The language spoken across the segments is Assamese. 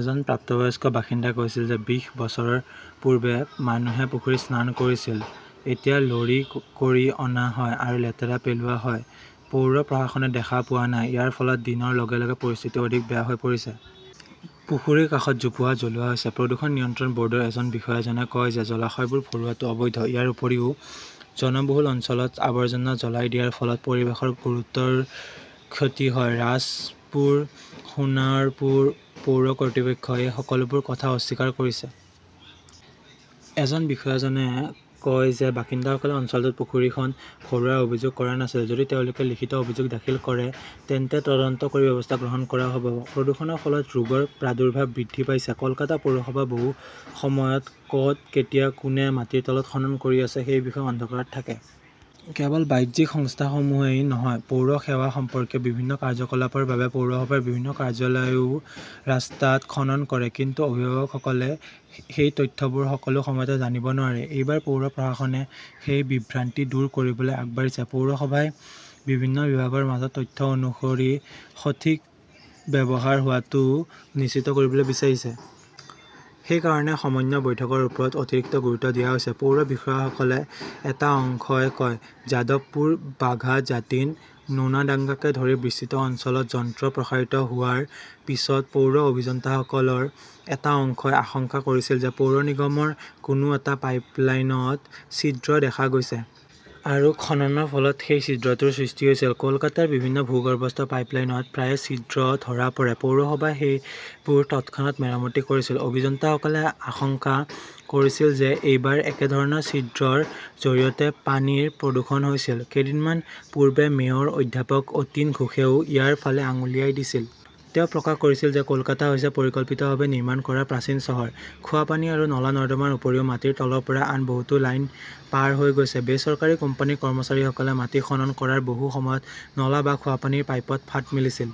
এজন প্ৰাপ্তবয়স্ক বাসিন্দাই কৈছিল যে, বিশ বছৰ পূৰ্বে মানুহে পুখুৰীত স্নান কৰিছিল। এতিয়া লৰি কৰি অনা হয় আৰু লেতেৰা পেলোৱা হয়। পৌৰ প্ৰশাসনে দেখা পোৱা নাই। ইয়াৰ ফলত দিনৰ লগে লগে পৰিস্থিতি অধিক বেয়া হৈ পৰিছে। পুখুৰীৰ কাষত জোপোহা জ্বলোৱা হৈছে। প্ৰদূষণ নিয়ন্ত্ৰণ বৰ্ডৰ এজন বিষয়াজনে কয় যে, জলাশয়বোৰ ভৰোৱাটো অবৈধ। ইয়াৰ উপৰিও জনবহুল অঞ্চলত আৱৰ্জনা জ্বলাই দিয়াৰ ফলত পৰিৱেশৰ গুৰুতৰ ক্ষতি হয়। ৰাজপুৰ সোণৰপুৰ পৌৰ কৰ্তৃপক্ষই এই সকলোবোৰ কথা অস্বীকাৰ কৰিছে। এজন বিষয়াজনে কয় যে, বাসিন্দাসকলে অঞ্চলটোত পুখুৰীখন ভৰোৱাৰ অভিযোগ কৰা নাছিল। যদি তেওঁলোকে লিখিত অভিযোগ দাখিল কৰে, তেন্তে তদন্ত কৰি ব্যৱস্থা গ্ৰহণ কৰা হব। প্ৰদূষণৰ ফলত ৰোগৰ প্ৰাদুৰ্ভাৱ বৃদ্ধি পাইছে। কলকাতা পৌৰসভা বহু সময়ত ক'ত, কেতিয়া, কোনে মাটিৰ তলত খনন কৰি আছে, সেই বিষয়ে অন্ধকাৰত থাকে। কেৱল বাহ্যিক সংস্থাসমূহেই নহয়, পৌৰ সেৱা সম্পৰ্কীয় বিভিন্ন কাৰ্যকলাপৰ বাবে পৌৰসভাৰ বিভিন্ন কাৰ্যালয়েও ৰাস্তাত খনন কৰে। কিন্তু অভিভাৱকসকলে সেই তথ্যবোৰ সকলো সময়তে জানিব নোৱাৰে। এইবাৰ পৌৰ প্ৰশাসনে সেই "বিভ্ৰান্তি" দূৰ কৰিবলৈ আগবাঢ়িছে। পৌৰসভাই বিভিন্ন বিভাগৰ মাজত তথ্যৰ সঠিক ব্যৱহাৰ হোৱাটো নিশ্চিত কৰিবলৈ বিচাৰিছে। সেই কাৰণেই সমন্বয় বৈঠকৰ ওপৰত অতিৰিক্ত গুৰুত্ব দিয়া হৈছে, পৌৰ বিষয়াসকলৰ এটা অংশই কয়। যাদৱপুৰ, বাঘা জাটিন, নোনাডাঙ্গাকে ধৰি বিস্তৃত অঞ্চলত যন্ত্ৰ প্ৰসাৰিত হোৱাৰ পিছত পৌৰ অভিযন্তাসকলৰ এটা অংশই আশংকা কৰিছিল যে, পৌৰ নিগমৰ কোনো এটা পাইপলাইনত ছিদ্ৰ দেখা গৈছে। আৰু খননৰ ফলত সেই ছিদ্ৰটোৰ সৃষ্টি হৈছিল। কলকাতাৰ বিভিন্ন ভূগৰ্ভস্থ পাইপলাইনত প্ৰায়ে ছিদ্ৰ ধৰা পৰে। পৌৰসভাই সেইবোৰ তৎক্ষণাত মেৰামতি কৰিছিল। অভিযন্তাসকলে আশংকা কৰিছিল যে, এইবাৰ একেধৰণৰ ছিদ্ৰৰ জৰিয়তে পানীৰ প্ৰদূষণ হৈছিল। কেইদিনমান পূৰ্বে মেয়ৰ অধ্যাপক অতীন ঘোষেও ইয়াৰ ফালে আঙুলিয়াই দিছিল। তেওঁ প্ৰকাশ কৰিছিল যে, কলকাতা হৈছে পৰিকল্পিতভাৱে নিৰ্মাণ কৰা প্ৰাচীন চহৰ। খোৱাপানী আৰু নলা-নৰ্দমাৰ উপৰিও মাটিৰ তলৰ পৰা আন বহুতো লাইন পাৰ হৈ গৈছে। বেচৰকাৰী কোম্পানীৰ কৰ্মচাৰীসকলে মাটি খনন কৰাৰ বহু সময়ত নলা বা খোৱাপানীৰ পাইপত ফাট মেলিছিল।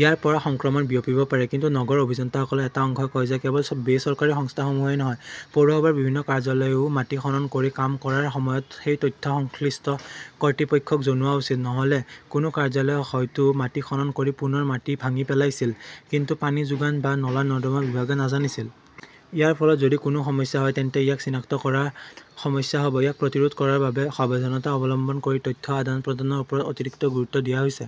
ইয়াৰ পৰা সংক্ৰমণ বিয়পিব পাৰে। কিন্তু নগৰ অভিযন্তাসকলৰ এটা অংশই কয় যে, কেৱল বেচৰকাৰী সংস্থাসমূহেই নহয়, পৌৰসভাৰ বিভিন্ন কাৰ্যালয়েও মাটি খনন কৰি কাম কৰাৰ সময়ত সেই তথ্য সংশ্লিষ্ট কৰ্তৃপক্ষক জনোৱা উচিত। নহলে কোনো কাৰ্যালয়ে হয়তো মাটি খনন কৰি পুনৰ মাটি ভাঙি পেলাইছিল, কিন্তু পানী যোগান বা নলা-নৰ্দমা বিভাগে নাজানিছিল। ইয়াৰ ফলত যদি কোনো সমস্যা হয়, তেন্তে ইয়াক চিনাক্ত কৰাত সমস্যা হব। ইয়াক প্ৰতিৰোধ কৰাৰ বাবে সাৱধানতা অৱলম্বন কৰি তথ্য আদান-প্ৰদানৰ ওপৰত অতিৰিক্ত গুৰুত্ব দিয়া হৈছে।